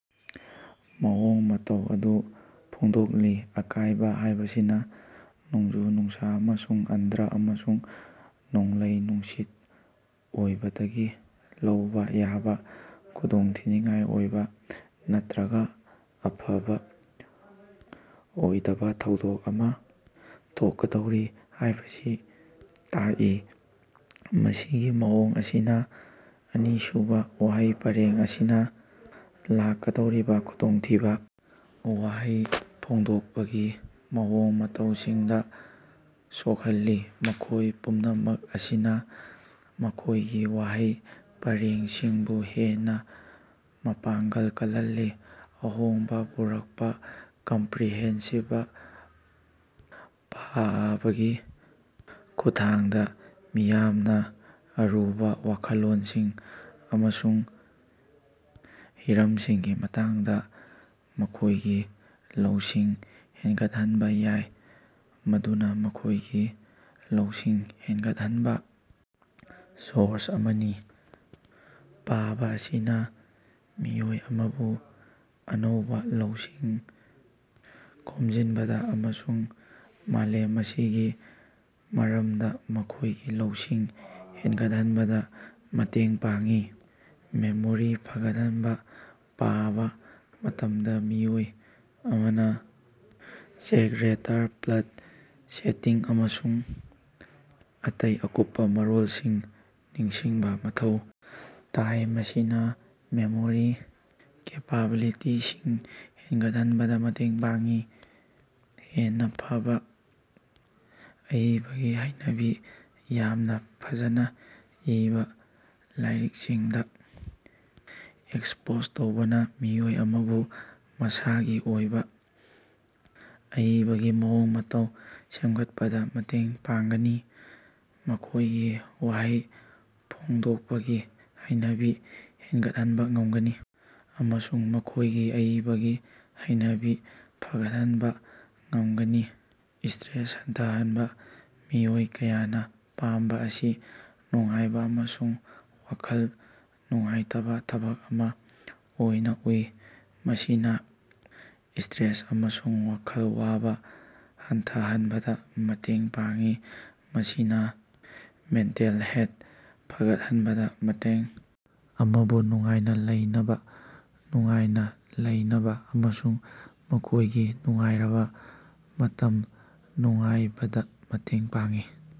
ꯃꯑꯣꯡ ꯃꯇꯧ ꯑꯗꯨ ꯐꯣꯡꯗꯣꯛꯂꯤ꯫ ꯑꯀꯥꯏꯕ ꯍꯥꯏꯕꯁꯤꯅ ꯅꯣꯡꯖꯨ-ꯅꯨꯡꯁꯥ ꯑꯁꯤ ꯑꯟꯙ꯭ꯔ ꯑꯃꯁꯨꯡ ꯅꯣꯡꯂꯩ-ꯅꯨꯡꯁꯤꯠ ꯑꯣꯏꯕꯗꯒꯤ ꯂꯧꯕꯥ ꯌꯥꯕ ꯈꯨꯗꯣꯡꯊꯤꯅꯤꯡꯉꯥꯏ ꯑꯣꯏꯕ ꯅꯠꯇꯔꯒ ꯑꯐꯕ ꯑꯣꯏꯗꯕ ꯊꯧꯗꯣꯛ ꯑꯃꯥ ꯊꯣꯛꯀꯗꯧꯔꯤ ꯍꯥꯏꯕꯁꯤ ꯇꯥꯛꯏ꯫ ꯃꯁꯤꯒꯤ ꯃꯑꯣꯡ ꯑꯁꯤꯅ ꯑꯅꯤꯁꯨꯕ ꯋꯥꯍꯩ ꯄꯔꯦꯡ ꯑꯁꯤꯅ ꯂꯥꯛꯀꯗꯧꯔꯤꯕ ꯈꯨꯗꯣꯡꯊꯤꯕ ꯋꯥꯍꯩ ꯐꯣꯡꯗꯣꯛꯄꯒꯤ ꯃꯑꯣꯡ ꯃꯇꯧꯁꯤꯡꯗ ꯁꯣꯛꯍꯜꯂꯤ, ꯃꯈꯣꯏ ꯄꯨꯝꯅꯃꯛ ꯑꯁꯤꯅ ꯃꯈꯣꯏꯒꯤ ꯋꯥꯍꯩ ꯄꯔꯦꯡꯁꯤꯡꯕꯨ ꯍꯦꯟꯅ ꯃꯄꯥꯡꯒꯜ ꯀꯜꯍꯜꯂꯤ꯫ ꯑꯍꯣꯡꯕ ꯄꯨꯔꯛꯄ ꯀꯝꯄ꯭ꯔꯦꯍꯦꯟꯁꯤꯕ: ꯄꯥꯕꯒꯤ ꯈꯨꯠꯊꯥꯡꯗ ꯃꯤꯌꯥꯝꯅ ꯑꯔꯨꯕ ꯋꯥꯈꯜꯂꯣꯟꯁꯤꯡ ꯑꯃꯁꯨꯡ ꯍꯤꯔꯝꯁꯤꯡꯒꯤ ꯃꯇꯥꯡꯗ ꯃꯈꯣꯏꯒꯤ ꯂꯧꯁꯤꯡ ꯍꯦꯟꯒꯠꯍꯟꯕ ꯌꯥꯏ, ꯃꯗꯨꯅ ꯃꯈꯣꯏꯒꯤ ꯂꯧꯁꯤꯡ ꯍꯦꯟꯒꯠꯍꯟꯕ ꯁꯣꯔꯁ ꯑꯃꯅꯤ꯫ ꯄꯥꯕ ꯑꯁꯤꯅ ꯃꯤꯑꯣꯏ ꯑꯃꯕꯨ ꯑꯅꯧꯕ ꯂꯧꯁꯤꯡ ꯈꯣꯝꯖꯤꯟꯕꯗ ꯑꯃꯁꯨꯡ ꯃꯥꯂꯦꯝ ꯑꯁꯤꯒꯤ ꯃꯔꯝꯗ ꯃꯈꯣꯏꯒꯤ ꯂꯧꯁꯤꯡ ꯍꯦꯟꯒꯠꯍꯟꯕꯗ ꯃꯇꯦꯡ ꯄꯥꯡꯏ꯫ ꯃꯦꯃꯣꯔꯤ ꯐꯒꯠꯍꯟꯕꯥ: ꯄꯥꯕꯥ ꯃꯇꯝꯗ ꯃꯤꯑꯣꯏ ꯑꯃꯅ ꯆꯦꯀꯔꯦꯇꯔ, ꯄ꯭ꯂꯠ, ꯁꯦꯇꯤꯡ ꯑꯃꯁꯨꯡ ꯑꯇꯩ ꯑꯀꯨꯞꯄꯥ ꯃꯔꯣꯜꯁꯤꯡ ꯅꯤꯡꯁꯤꯡꯕ ꯃꯊꯧ ꯇꯥꯏ, ꯃꯁꯤꯅ ꯃꯦꯃꯣꯔꯤ ꯀꯦꯄꯦꯕꯤꯂꯤꯇꯤꯁꯤꯡ ꯍꯦꯟꯒꯠꯍꯟꯕꯗ ꯃꯇꯦꯡ ꯄꯥꯡꯏ꯫ ꯍꯦꯟꯅ ꯐꯕ ꯑꯏꯕꯒꯤ ꯍꯩꯅꯕꯤ: ꯌꯥꯝꯅ ꯐꯖꯅ ꯏꯕꯥ ꯂꯥꯏꯔꯤꯡꯁꯤꯡꯗ ꯑꯦꯛꯁꯄꯣꯖ ꯇꯧꯕꯅ ꯃꯤꯑꯣꯏ ꯑꯃꯕꯨ ꯃꯁꯥꯒꯤ ꯑꯣꯏꯕ ꯑꯏꯕꯒꯤ ꯃꯑꯣꯡ ꯃꯇꯧ ꯁꯦꯝꯒꯠꯄꯗ ꯃꯇꯦꯡ ꯄꯥꯡꯒꯅꯤ, ꯃꯈꯣꯏꯒꯤ ꯋꯥꯍꯩ ꯐꯣꯡꯗꯣꯛꯄꯒꯤ ꯍꯩꯅꯕꯤ ꯍꯦꯟꯒꯠꯍꯟꯕ ꯉꯝꯒꯅꯤ ꯑꯃꯁꯨꯡ ꯃꯈꯣꯏꯒꯤ ꯑꯏꯕꯒꯤ ꯍꯩꯅꯕꯤ ꯐꯒꯠꯍꯟꯕꯥ ꯉꯝꯒꯅꯤ꯫ ꯁ꯭ꯇꯔꯦꯁ ꯍꯟꯊꯍꯟꯕ: ꯃꯤꯑꯣꯏ ꯀꯌꯥꯅ ꯄꯥꯕ ꯑꯁꯤ ꯅꯨꯡꯉꯥꯏꯕ ꯑꯃꯁꯨꯡ ꯋꯥꯈꯜ ꯅꯨꯡꯉꯥꯏꯇꯕ ꯊꯕꯛ ꯑꯃ ꯑꯣꯏꯅ ꯎꯏ, ꯃꯁꯤꯅ ꯁ꯭ꯇꯔꯦꯁ ꯑꯃꯁꯨꯡ ꯋꯥꯈꯜ ꯋꯥꯕ ꯍꯟꯊꯍꯟꯕꯗ ꯃꯇꯦꯡ ꯄꯥꯡꯏ, ꯃꯁꯤꯅ ꯃꯦꯟꯇꯦꯜ ꯍꯦꯜꯊ ꯐꯒꯠꯍꯟꯕꯗ ꯃꯇꯦꯡ ꯑꯃꯕꯨ ꯅꯨꯡꯉꯥꯏꯅ ꯂꯩꯅꯕ, ꯅꯨꯡꯉꯥꯏꯅ ꯂꯩꯅꯕ ꯑꯃꯁꯨꯡ ꯃꯈꯣꯏꯒꯤ ꯅꯨꯡꯉꯥꯏꯔꯕ ꯃꯇꯝ ꯅꯨꯡꯉꯥꯏꯕꯗ ꯃꯇꯦꯡ ꯄꯥꯡꯏ꯫